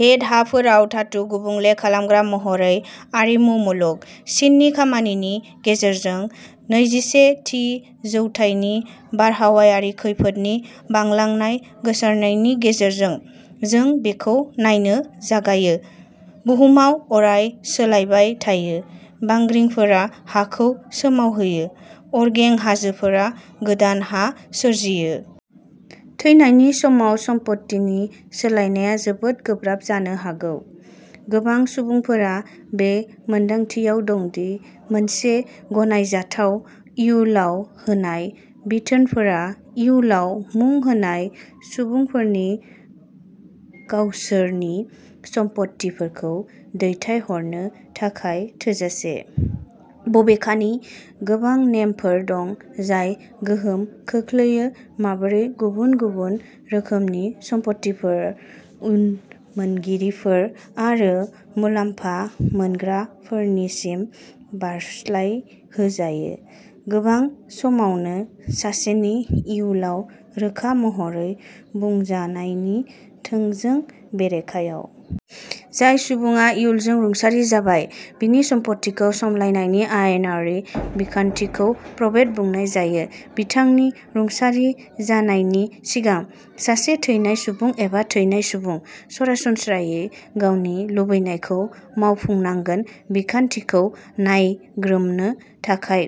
घेट' हाफोराव धातु गुबुंले खालामग्रा महरै आरिमु मुलुग। चिननि खामानिनि गेजेरजों, नैजिसे थि जौथाइनि बारहावायारि खैफोदनि बांलांनाय गोसारनायनि गेजेरजों, जों बेखौ नायनो जागायो। बुहुमआव अराय सोलायबाय थायो। बांग्रिफोरा हाखौ सोमावहोयो। अरगें हाजोफोरा गोदान हा सोरजियो। थैनायनि समाव सम्पथिनि सोलायनाया जोबोद गोब्राब जानो हागौ। गोबां सुबुंफोरा बे मोनदांथियाव दं दि मोनसे गनायजाथाव उइलआव होनाय बिथोनफोरा उइलआव मुं होनाय सुबुंफोरनि गावसोरनि सम्पथिफोरखौ दैथायहरनो थाखाय थोजासे। बबेखानि, गोबां नेमफोर दं जाय गोहोम खोख्लैयो माबोरै गुबुन-गुबुन रोखोमनि सम्पथिफोर उनमोनगिरिफोर आरो मुलाम्फा मोनग्राफोरनिसिम बारस्लायहोजायो, गोबां समावनो सासेनि उइलआव रोखा महरै बुंजानायनि थोंजों बेरेखायाव। जाय सुबुङा उइलजों रुंसारि जाबाय, बिनि सम्फथिखौ समलायनायनि आयेनारि बिखान्थिखौ प्रबेट बुंनाय जायो। बिथांनि रुंसारि जानायनि सिगां, सासे थैनाय सुबुं एबा थैनाय सुबुं, सरासनस्रायै गावनि लुबैनायखौ मावफुंनांगोन बिखान्थिखौ नायग्रोमनो थाखाय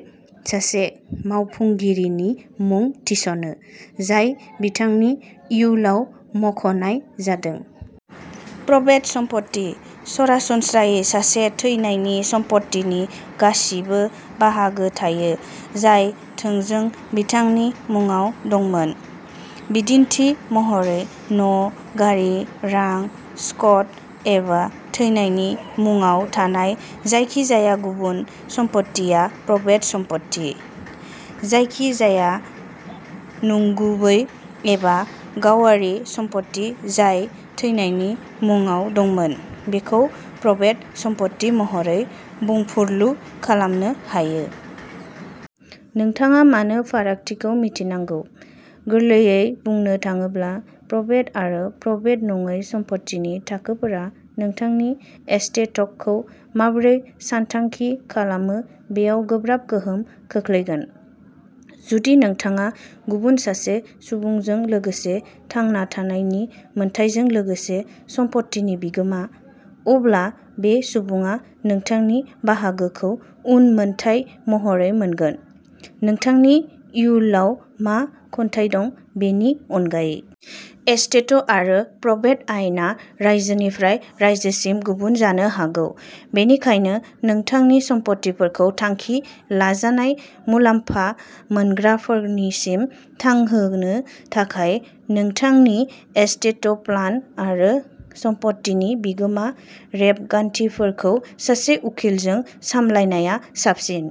सासे मावफुंगिरिनि मुं थिसनो, जाय बिथांनि उइलआव मख'नाय जादों। प्रबेट सम्पथि, सरासनस्रायै सासे थैनायनि सम्पथिनि गासिबो बाहागो थायो जाय थोंजों बिथांनि मुङाव दंमोन। बिदिन्थि महरै, न', गारि, रां, स्टक एबा थैनायनि मुंआव थानाय जायखिजाया गुबुन सम्फथिया प्रबेट सम्पथि। जायखिजाया नंगुबै एबा गावारि सम्पथि जाय थैनायनि मुंआव दंमोन, बेखौ प्रबेट सम्पथि महरै बुंफुरलु खालामनो हायो। नोंथाङा मानो फारागथिखौ मिथिनांगौ? गोरलैयै बुंनो थाङोब्ला, प्रबेट आरो प्रबेट नङै सम्पथिनि थाखोफोरा नोंथांनि एस्टेटखौ माबोरै सानथांखि खालामो बेयाव गोब्राब गोहोम खोख्लैगोन। जुदि नोंथाङा गुबुन सासे सुबुंजों लोगोसे थांना थानायनि मोन्थाइजों लोगोसे सम्पथिनि बिगोमा, अब्ला बे सुबुङा नोंथांनि बाहागोखौ उनमोनथाइ महरै मोनगोन, नोंथांनि उइलआव मा खन्थायदं बेनि अनगायै। एस्टेट आरो प्रबेट आयेना रायजोनिफ्राय रायजोसिम गुबुन जानो हागौ, बेनिखायनो नोंथांनि सम्पथिफोरखौ थांखि लाजानाय मुलाम्फा मोनग्राफोरनिसिम थांहोनो थाखाय नोंथांनि एस्टेट प्लान आरो सम्पथिनि बिगोमा रेबगान्थिफोरखौ सासे उखिलजों सामलायनाया साबसिन।